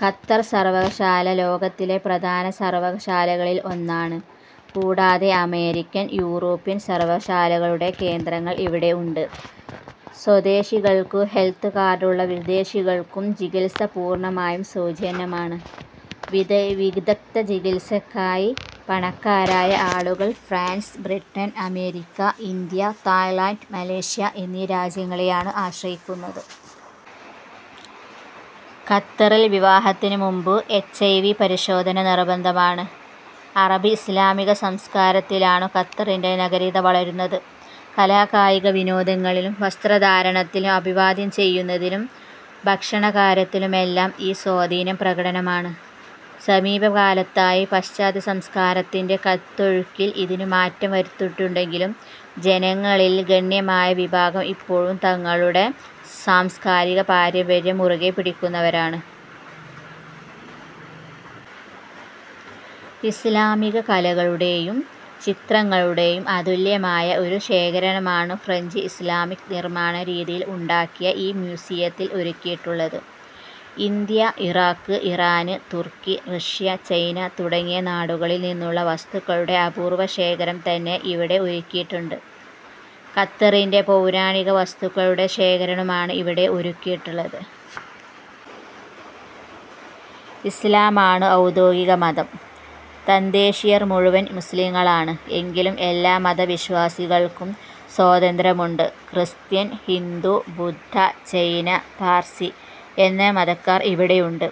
Qatar സർവ്വകലാശാല ലോകത്തിലെ പ്രധാന സർവകലാശാലകളിൽ ഒന്നാണ്. കൂടാതെ അമേരിക്കൻ, യൂറോപ്യൻ സർവകലാശാലകളുടെ കേന്ദ്രങ്ങൾ ഇവിടെ ഉണ്ട്. സ്വദേശികൾക്കും ഹെൽത്ത് കാർഡുള്ള വിദേശികൾക്കും ചികിത്സ പൂർണ്ണമായും സൗജന്യമാണ്. വിദഗ്ദ്ധ ചികിത്സക്കായി പണക്കാരായ ആളുകൾ France, Britain, America, India, Thailand, Malaysia എന്നീ രാജ്യങ്ങളെയാണു ആശ്രയിക്കുന്നത്. ഖത്തറിൽ വിവാഹത്തിനു മുമ്പു എച്. ഐ. വി. പരിശോധന നിർബന്ധമാണ്. അറബ് ഇസ്ലാമിക സംസകാരത്തിലാണു ഖത്തറിന്റെ നാഗരികത വളർന്നുവന്നത്. കലാ കായിക വിനോദങ്ങളിലും, വസ്ത്രധാരണത്തിലും, അഭിവാദ്യം ചെയ്യുന്നതിലും, ഭക്ഷണകാര്യത്തിലുമെല്ലാം ഈ സ്വാധീനം പ്രകടമാണ്. സമീപ കാലത്തായി പശ്ചാത്യ സംസകാരത്തിന്റെ കുത്തൊഴുക്കിൽ ഇതിനു മാറ്റം വരുന്നുണ്ടെങ്കിലും ജനങ്ങളിൽ ഗണ്യമായ വിഭാഗം ഇപ്പോഴും തങ്ങളുടെ സാംസ്കാരിക പാരമ്പര്യം മുറുകെ പിടിക്കുന്നവരാണ്. ഇസ്ലാമിക കലകളുടെയും, ചിത്രങ്ങളുടെയും അതുല്യമായ ഒരു ശേഖരണമാണു ഫ്രെഞ്ച് ഇസ്ലാമിക് നിർമ്മാണ രീതിയിൽ ഉണ്ടാക്കിയ ഈ മ്യൂസിയത്തിൽ ഒരുക്കിയിട്ടുള്ളതു. ഇന്ത്യ, ഇറാഖ്, ഇറാൻ, തുർക്കി, റഷ്യ, ചൈന തുടങ്ങിയ നാടുകളിൽ നിന്നുള്ള വസ്തുക്കളുടെ അപൂർവശേഖരം തന്നെ ഇവിടെ ഒരുക്കിയിട്ടുണ്ട്. ഖത്തരിന്റെ പൗരാണിക വസ്തുക്കളുടെ ശേഖരണമാണു ഇവിടെ ഒരുക്കിയിട്ടുള്ളത്. ഇസ്ലാമാണു ഔദ്യോഗിക മതം. തദ്ദേശിയർ മുഴുവൻ മുസ്ലിംകളാണ്. എങ്കിലും എല്ലാ മതവിശ്വാസികൾക്കും സ്വാതന്ത്ര്യമുണ്ട്. ക്രിസ്ത്യൻ, ഹിന്ദു, ബുദ്ധ, ജൈന, പാർസി എന്നീ മതക്കാർ ഇവിടെയുണ്ട്.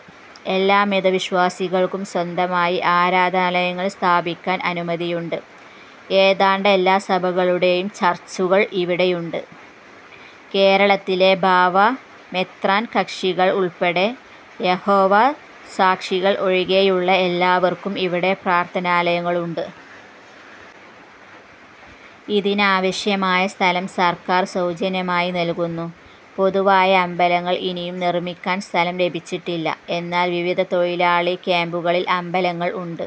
എല്ലാ മത വിശ്വാസികൾക്കും സ്വന്തമായി ആരാധനാലയങ്ങൾ സ്ഥാപിക്കാൻ അനുമതിയുണ്ട്. ഏതാണ്ടെല്ലാ സഭക്കളുടെയും ചർച്ചുകൾ ഇവിടെയുണ്ട്. കേരളത്തിലെ ബാവ, മെത്രാൻ കക്ഷികൾ ഉൾപ്പെടെ യഹോവ സാക്ഷികൾ ഒഴികെയുള്ള എല്ലാവർക്കും ഇവിടെ പ്രാർത്ഥനാലയങ്ങളുണ്ട്. ഇതിനാവശ്യമായ സ്ഥലം സർക്കാർ സൗജന്യമായി നൽകുന്നു. പൊതുവായ അമ്പലങ്ങൾ ഇനിയും നിർമ്മിക്കാൻ സ്ഥലം ലഭിച്ചിട്ടില്ല. എന്നാൽ വിവിധ തൊഴിലാളി ക്യമ്പുകളിൽ അമ്പലങ്ങൾ ഉണ്ട്.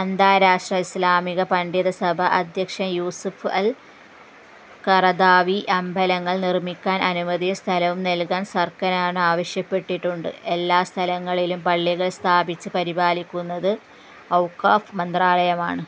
അന്താരാഷ്ട്രാ ഇസ്ലാമിക പണ്ഡിതസഭ അധ്യക്ഷൻ യൂസുഫ് അൽ ഖറദാവി അമ്പലങ്ങൾ നിർമ്മിക്കാൻ അനുമതിയും സ്ഥലവും നൽകാൻ സർക്കാരിനോട് ആവശ്യപ്പെട്ടിട്ടുണ്ട്. എല്ലാ സ്ഥലങ്ങളിലും പള്ളികൾ സ്ഥാപിച്ച് പരിപാലിക്കുന്നത് ഔഖാഫ് മന്ത്രാലയമാണ്.